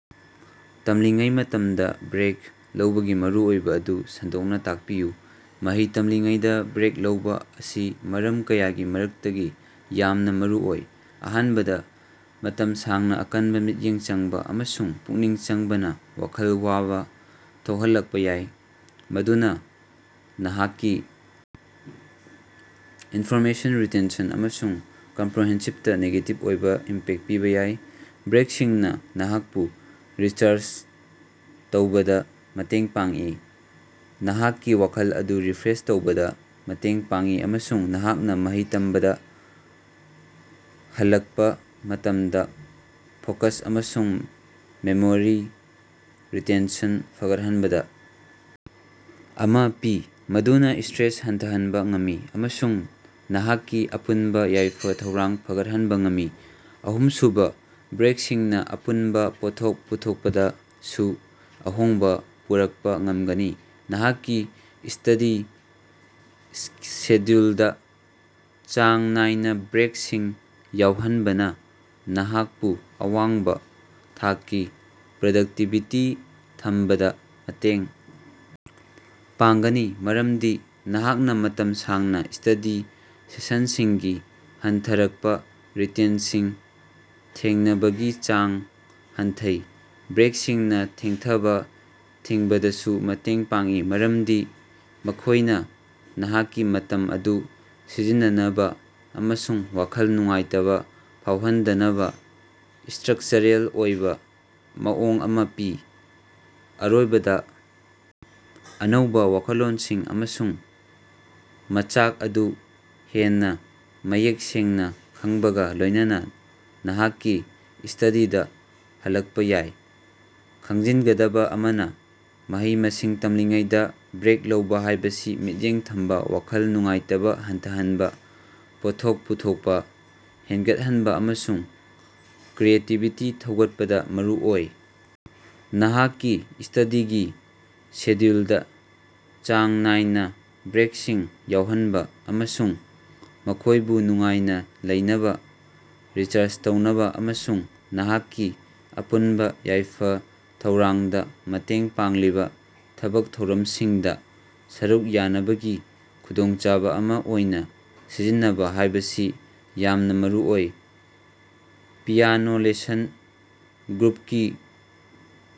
ꯇꯝꯂꯤꯉꯩ ꯃꯇꯝꯗ ꯕ꯭ꯔꯦꯛ ꯂꯧꯕꯒꯤ ꯃꯔꯨꯑꯣꯏꯕ ꯑꯗꯨ ꯁꯟꯗꯣꯛꯅ ꯇꯥꯛꯄꯤꯌꯨ꯫ ꯃꯍꯩ ꯇꯝꯂꯤꯉꯩꯗ ꯕ꯭ꯔꯦꯛ ꯂꯧꯕ ꯑꯁꯤ ꯃꯔꯝ ꯀꯌꯥꯒꯤ ꯃꯔꯛꯇꯒꯤ ꯌꯥꯝꯅ ꯃꯔꯨꯑꯣꯏ꯫ ꯑꯍꯥꯟꯕꯗ, ꯃꯇꯝ ꯁꯥꯡꯅ ꯑꯀꯟꯕ ꯃꯤꯠꯌꯦꯡ ꯆꯪꯕ ꯑꯃꯁꯨꯡ ꯄꯨꯛꯅꯤꯡ ꯆꯪꯕꯅ ꯋꯥꯈꯜ ꯋꯥꯕ ꯊꯣꯛꯍꯜꯂꯛꯄ ꯌꯥꯏ, ꯃꯗꯨꯅ ꯅꯍꯥꯛꯀꯤ ꯏꯟꯐꯣꯔꯃꯦꯁꯟ ꯔꯤꯇꯦꯟꯁꯟ ꯑꯃꯁꯨꯡ ꯀꯝꯄ꯭ꯔꯣꯍꯦꯟꯁꯤꯞꯇ ꯅꯦꯒꯦꯇꯤꯚ ꯑꯣꯏꯕ ꯏꯝꯄꯦꯛ ꯄꯤꯕ ꯌꯥꯏ꯫ ꯕ꯭ꯔꯦꯛꯁꯤꯡꯅ ꯅꯍꯥꯛꯄꯨ ꯔꯤꯆꯥꯔꯖ ꯇꯧꯕꯗ ꯃꯇꯦꯡ ꯄꯥꯡꯏ, ꯅꯍꯥꯛꯀꯤ ꯋꯥꯈꯜ ꯑꯗꯨ ꯔꯤꯐ꯭ꯔꯦꯁ ꯇꯧꯕꯗ ꯃꯇꯦꯡ ꯄꯥꯡꯏ ꯑꯃꯁꯨꯡ ꯅꯍꯥꯛꯅ ꯃꯍꯩ ꯇꯝꯕꯗ ꯍꯜꯂꯛꯄ ꯃꯇꯝꯗ ꯐꯣꯀꯁ ꯑꯃꯁꯨꯡ ꯃꯦꯃꯣꯔꯤ ꯔꯤꯇꯦꯟꯁꯟ ꯐꯒꯠꯍꯟꯕꯗ ꯑꯃ ꯄꯤ, ꯃꯗꯨꯅ ꯁꯇ꯭ꯔꯦꯁ ꯍꯟꯊꯍꯟꯕ ꯉꯝꯃꯤ ꯑꯃꯁꯨꯡ ꯅꯍꯥꯛꯀꯤ ꯑꯄꯨꯟꯕ ꯌꯥꯏꯐ-ꯊꯧꯔꯥꯡ ꯐꯒꯠꯍꯟꯕ ꯉꯝꯃꯤ꯫ ꯑꯍꯨꯝꯁꯨꯕ, ꯕ꯭ꯔꯦꯛꯁꯤꯡꯅ ꯑꯄꯨꯟꯕ ꯄꯣꯠꯊꯣꯛ ꯄꯨꯊꯣꯛꯄꯗꯁꯨ ꯑꯍꯣꯡꯕ ꯄꯨꯔꯛꯄ ꯉꯝꯒꯅꯤ꯫ ꯅꯍꯥꯛꯀꯤ ꯁ꯭ꯇꯗꯤ ꯁꯦꯗ꯭ꯌꯨꯜꯗ ꯆꯥꯡ ꯅꯥꯏꯅ ꯕ꯭ꯔꯦꯛꯁꯤꯡ ꯌꯥꯎꯍꯟꯕꯅ ꯅꯍꯥꯛꯄꯨ ꯑꯋꯥꯡꯕ ꯊꯥꯛꯀꯤ ꯄ꯭ꯔꯗꯛꯇꯤꯕꯤꯇꯤ ꯊꯝꯕꯗ ꯃꯇꯦꯡ ꯄꯥꯡꯒꯅꯤ, ꯃꯔꯝꯗꯤ ꯅꯍꯥꯛꯅ ꯃꯇꯝ ꯁꯥꯡꯅ ꯁ꯭ꯇꯗꯤ ꯁꯦꯁꯟꯁꯤꯡꯗꯒꯤ ꯍꯟꯊꯔꯛꯄ ꯔꯤꯇꯦꯟꯁꯤꯡ ꯊꯦꯡꯅꯕꯒꯤ ꯆꯥꯡ ꯍꯟꯊꯩ꯫ ꯕ꯭ꯔꯦꯛꯁꯤꯡꯅ ꯊꯦꯡꯊꯕ ꯊꯤꯡꯕꯗꯁꯨ ꯃꯇꯦꯡ ꯄꯥꯡꯏ, ꯃꯔꯝꯗꯤ ꯃꯈꯣꯏꯅ ꯅꯍꯥꯛꯀꯤ ꯃꯇꯝ ꯑꯗꯨ ꯁꯤꯖꯤꯟꯅꯅꯕ ꯑꯃꯁꯨꯡ ꯋꯥꯈꯜ ꯅꯨꯡꯉꯥꯏꯇꯕ ꯐꯥꯎꯍꯟꯗꯅꯕ ꯁꯇ꯭ꯔꯛꯆꯔꯦꯜ ꯑꯣꯏꯕ ꯃꯑꯣꯡ ꯑꯃ ꯄꯤ꯫ ꯑꯔꯣꯏꯕꯗ, ꯑꯅꯧꯕ ꯋꯥꯈꯜꯂꯣꯟꯁꯤꯡ ꯑꯃꯁꯨꯡ ꯃꯆꯥꯛ ꯑꯗꯨ ꯍꯦꯟꯅ ꯃꯌꯦꯛ ꯁꯦꯡꯅ ꯈꯪꯕꯒ ꯂꯣꯏꯅꯅ ꯅꯍꯥꯛꯀꯤ ꯁ꯭ꯇꯗꯤꯗ ꯍꯜꯂꯛꯄ ꯌꯥꯏ꯫ ꯈꯪꯖꯤꯟꯒꯗꯕ ꯑꯃꯅ, ꯃꯍꯩ-ꯃꯁꯤꯡ ꯇꯝꯂꯤꯉꯩꯗꯥ ꯕ꯭ꯔꯦꯛ ꯂꯧꯕ ꯍꯥꯏꯕꯁꯤ ꯃꯤꯠꯌꯦꯡ ꯊꯝꯕ, ꯋꯥꯈꯜ ꯅꯨꯡꯉꯥꯏꯇꯕ ꯍꯟꯊꯍꯟꯕ, ꯄꯣꯠꯊꯣꯛ ꯄꯨꯊꯣꯛꯄ ꯍꯦꯟꯒꯠꯍꯟꯕ ꯑꯃꯁꯨꯡ ꯀ꯭ꯔꯤꯌꯦꯇꯤꯕꯤꯇꯤ ꯊꯧꯒꯠꯄꯗ ꯃꯔꯨꯑꯣꯏ꯫ ꯅꯍꯥꯛꯀꯤ ꯁ꯭ꯇꯗꯤꯒꯤ ꯁꯦꯗ꯭ꯌꯨꯜꯗ ꯆꯥꯡ ꯅꯥꯏꯅ ꯕ꯭ꯔꯦꯛꯁꯤꯡ ꯌꯥꯎꯍꯟꯕ ꯑꯃꯁꯨꯡ ꯃꯈꯣꯏꯕꯨ ꯅꯨꯡꯉꯥꯏꯅ ꯂꯩꯅꯕ, ꯔꯤꯆꯥꯔꯖ ꯇꯧꯅꯕ ꯑꯃꯁꯨꯡ ꯅꯍꯥꯛꯀꯤ ꯑꯄꯨꯟꯕ ꯌꯥꯏꯐ-ꯊꯧꯔꯥꯡꯗ ꯃꯇꯦꯡ ꯄꯥꯡꯂꯤꯕ ꯊꯕꯛ ꯊꯧꯔꯝꯁꯤꯡꯗ ꯁꯔꯨꯛ ꯌꯥꯅꯕꯒꯤ ꯈꯨꯗꯣꯡꯆꯥꯕ ꯑꯃ ꯑꯣꯏꯅ ꯁꯤꯖꯤꯟꯅꯕ ꯍꯥꯏꯕꯁꯤ ꯌꯥꯝꯅ ꯃꯔꯨꯑꯣꯏ꯫ "Piano lesson ꯒ꯭ꯔꯨꯞ"ꯀꯤ